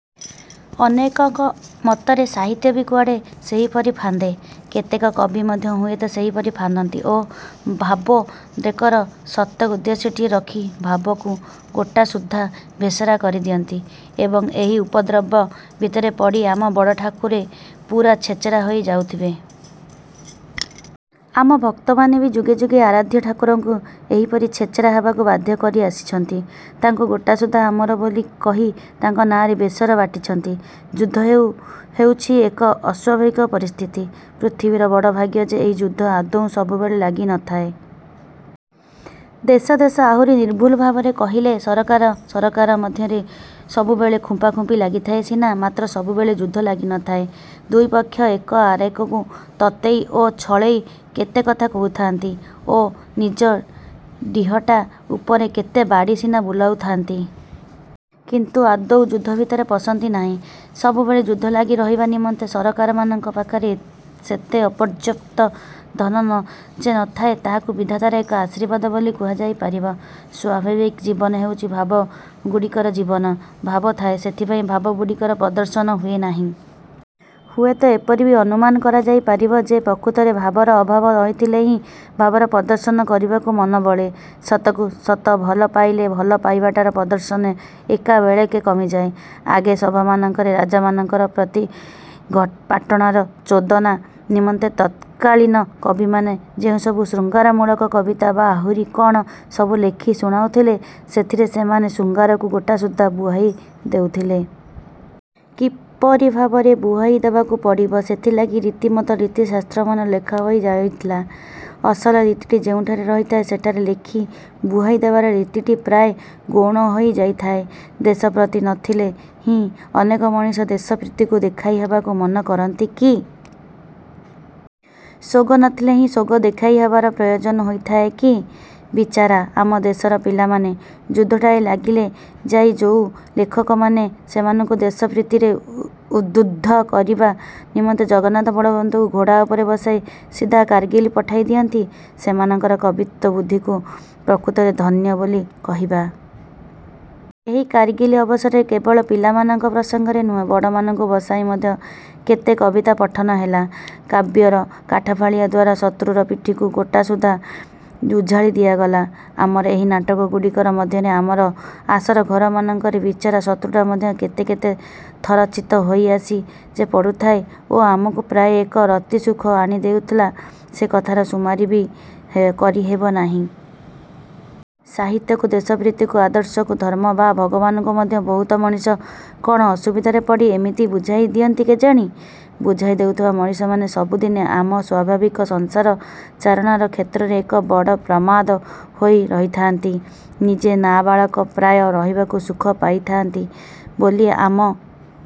ଅନେକଙ୍କ ମତରେ ସାହିତ୍ୟ ବି କୁଆଡ଼େ ସେହିପରି ଫାନ୍ଦେ। କେତେକ କବି ମଧ୍ୟ ହୁଏତ ସେହିପରି ଫାନ୍ଦନ୍ତି ଓ ଭାବୋଦ୍ରେକର ସତ ଉଦ୍ଦେଶ୍ୟଟିଏ ରଖି ଭାବକୁ ଗୋଟା ସୁଦ୍ଧା ଭେଷରା କରିଦିଅନ୍ତି। ଏବଂ, ସେହି ଉପଦ୍ରବ ଭିତରେ ପଡ଼ି ଆମ ବଡ଼ଠାକୁରେ ପୂରା ଛେଚେରା ହୋଇ ଯାଉଥବେ। ଆମ ଭକ୍ତମାନେ ବି ଯୁଗେ ଯୁଗେ ଆରାଧ୍ୟ ଠାକୁରମାନଙ୍କୁ ଏହିପରି ଛେଚେରା ହେବାକୁ ବାଧ୍ୟ କରି ଆସିଛନ୍ତି। ତାଙ୍କୁ ଗୋଟାସୁଦ୍ଧା ଆମର ବୋଲି କହି ତାଙ୍କ ନାଆଁରେ ବେସର ବାଟିଛନ୍ତି। ଯୁଦ୍ଧ ହେଉଛି ଏକ ଅସ୍ୱାଭାବିକ ପରିସ୍ଥିତି। ପୃଥିବୀର ବଡ଼ ଭାଗ୍ୟ ଯେ ଏହି ଯୁଦ୍ଧ ଆଦୌ ସବୁବେଳେ ଲାଗି ନଥାଏ। ଦେଶ ଦେଶ, ଆହୁରି ନିର୍ଭୁଲ ଭାବରେ କହିଲେ ସରକାର ସରକାର ମଧ୍ୟରେ ସବୁବେଳେ ଖୁମ୍ପାଖୁମ୍ପି ଲାଗିଥାଏ ସିନା, ମାତ୍ର ସବୁବେଳେ ଯୁଦ୍ଧ ଲାଗିନଥାଏ। ଦୁଇ ପକ୍ଷ ଏକ ଆରେକୁ ତତେଇ ଓ ଛଳେଇ କେତେକଥା କହୁଥାନ୍ତି ଓ ନିଜ ଡ଼ିହଟା ଉପରେ କେତେ ବାଡ଼ି ସିନା ବୁଲାଉଥାନ୍ତି। କିନ୍ତୁ ଆଦୌ ଯୁଦ୍ଧ ଭିତରେ ପଶନ୍ତି ନାହିଁ। ସବୁବେଳେ ଯୁଦ୍ଧ ଲାଗି ରହିବା ନିମନ୍ତେ ସରକାରମାନଙ୍କ ପାଖରେ ସେତେ ଅପର୍ଯ୍ୟାପ୍ତ ଧନ ଯେ ନଥାଏ, ତାହାକୁ ବିଧାତାର ଏକ ଆଶୀର୍ବାଦ ବୋଲି କୁହାଯାଇ ପାରିବ। ସ୍ଵାଭାବିକ ଜୀବନ ହେଉଛି ଭାବଗୁଡ଼ିକର ଜୀବନ। ଭାବ ଥାଏ। ସେଥିପାଇଁ ଭାବଗୁଡ଼ିକର ପ୍ରଦର୍ଶନ ହୁଏ ନାହିଁ। ହୁଏତ ଏପରି ବି ଅନୁମାନ କରାଯାଇ ପାରିବ ଯେ, ପ୍ରକୃତରେ ଭାବର ଅଭାବ ରହିଥିଲେ ହିଁ ଭାବର ପ୍ରଦର୍ଶନ କରିବାକୁ ମନବଳେ। ସତକୁ ସତ ଭଲ ପାଇଲେ ଭଲ ପାଇବାଟାର ପ୍ରଦର୍ଶନ ଏକାବେଳେକେ କମିଯାଏ। ଆଗେ ସଭାମାନଙ୍କରେ ରାଜାମାନଙ୍କର ପ୍ରୀତିପାଟଣାର ଚୋଦନା ନିମନ୍ତେ ତତ୍କାଳୀନ କବିମାନେ ଯେଉଁସବୁ ଶୃଙ୍ଗାରମୂଳକ କବିତା ବା ଆହୁରି କ'ଣ ସବୁ ଲେଖି ଶୁଣାଉଥିଲେ, ସେଥିରେ ସେମାନେ ଶୃଙ୍ଗାରକୁ ଗୋଟାସୁଦ୍ଧା ବୁହାଇ ଦେଉଥିଲେ। କିପରି ଭାବରେ ବୁହାଇ ଦେବାକୁ ପଡ଼ିବ, ସେଥିଲାଗି ରୀତିମତ ରୀତିଶାସ୍ତ୍ରମାନ ଲେଖାହୋଇ ରହିଥିଲା। ଅସଲ ରୀତିଟି ଯେଉଁଠାରେ ରହିଥାଏ, ସେଠାରେ ଲେଖି ବୁହାଇ ଦେବାର ରୀତିଟା ପ୍ରାୟ ଗୌଣ ହୋଇ ଯାଇଥାଏ। ଦେଶପ୍ରୀତି ନଥିଲେ ହିଁ ଅନେକ ମଣିଷ ଦେଶପ୍ରୀତିକୁ ଦେଖାଇ ହେବାକୁ ମନ କରନ୍ତି କି? ସୋଗ ନଥିଲେ ହିଁ ସୋଗ ଦେଖାଇ ହେବାର ପ୍ରୟୋଜନ ହୋଇଥାଏ କି? ବିଚାରା ଆମ ଦେଶର ପିଲାମାନେ! ଯୁଦ୍ଧଟାଏ ଲାଗିଲେ ଯାଇ ଯୋଉ ଲେଖକମାନେ ସେମାନଙ୍କୁ ଦେଶପ୍ରୀତିରେ ଉଦ୍ବୁଦ୍ଧ କରିବା ନିମନ୍ତେ ଜଗନ୍ନାଥ ବଳଭଦ୍ରଙ୍କୁ ଘୋଡ଼ା ଉପରେ ବସାଇ ସିଧା କାରଗିଲ୍ ପଠାଇ ଦିଅନ୍ତି, ସେମାନଙ୍କର କବିତ୍ୱବୁଦ୍ଧିକୁ ପ୍ରକୃତରେ ଧନ୍ୟ ବୋଲି କହିବା। ଏହି କାରଗିଲ ଅବସରରେ କେବଳ ପିଲାମାନଙ୍କ ପ୍ରସଙ୍ଗରେ ନୁହେଁ,। ବଡ଼ମାନଙ୍କୁ ବସାଇ ମଧ୍ୟ କେତେ କବିତା ପଠନ ହେଲା। କାବ୍ୟର କାଠଫାଳିଆ ଦ୍ଵାରା ଶତ୍ରୁର ପିଠିକୁ ଗୋଟାସୁଦ୍ଧା ଉଝାଳି ଦିଆଗଲା। ଆମର ଏହି ନାଟକଗୁଡ଼ିକର ମାଧ୍ୟମରେ ଆମର ଆସରଘରମାନଙ୍କରେ ବିଚରା ଶତ୍ରୁଟା ମଧ୍ୟ କେତେ କେତେ ଥର ଚିତ୍ ହୋଇଆସି ଯେ ପଡ଼ୁଥିଲା ଓ ଆମକୁ ପ୍ରାୟ ଏକ ରତିସୁଖ ଆଣି ଦେଉଥିଲା, ସେ କଥାର ସୁମାରି ବି କରିହେବ ନାହିଁ। ସାହିତ୍ୟକୁ, ଦେଶପ୍ରୀତିକୁ, ଆଦର୍ଶକୁ, ଧର୍ମ ବା ଭଗବାନଙ୍କୁ ମଧ୍ୟ ବହୁତ ମଣିଷ କ'ଣ ଅସୁବିଧାରେ ପଡ଼ି ଏମିତି ବୁହାଇ ଦିଅନ୍ତି କେଜାଣି-? ବୁହାଇ ଦେଉଥିବା ମଣିଷମାନେ ସବୁଦିନେ ଆମ ସ୍ୱାଭାବିକ ସଂସାର-ଚାରଣାର କ୍ଷେତ୍ରରେ ଏକ ବଡ଼ ପ୍ରମାଦ ହୋଇ ରହିଥାନ୍ତି। ନିଜେ ନାବାଳକ ପ୍ରାୟ ରହିବାକୁ ସୁଖ ପାଉଥାନ୍ତି ବୋଲି ଆମ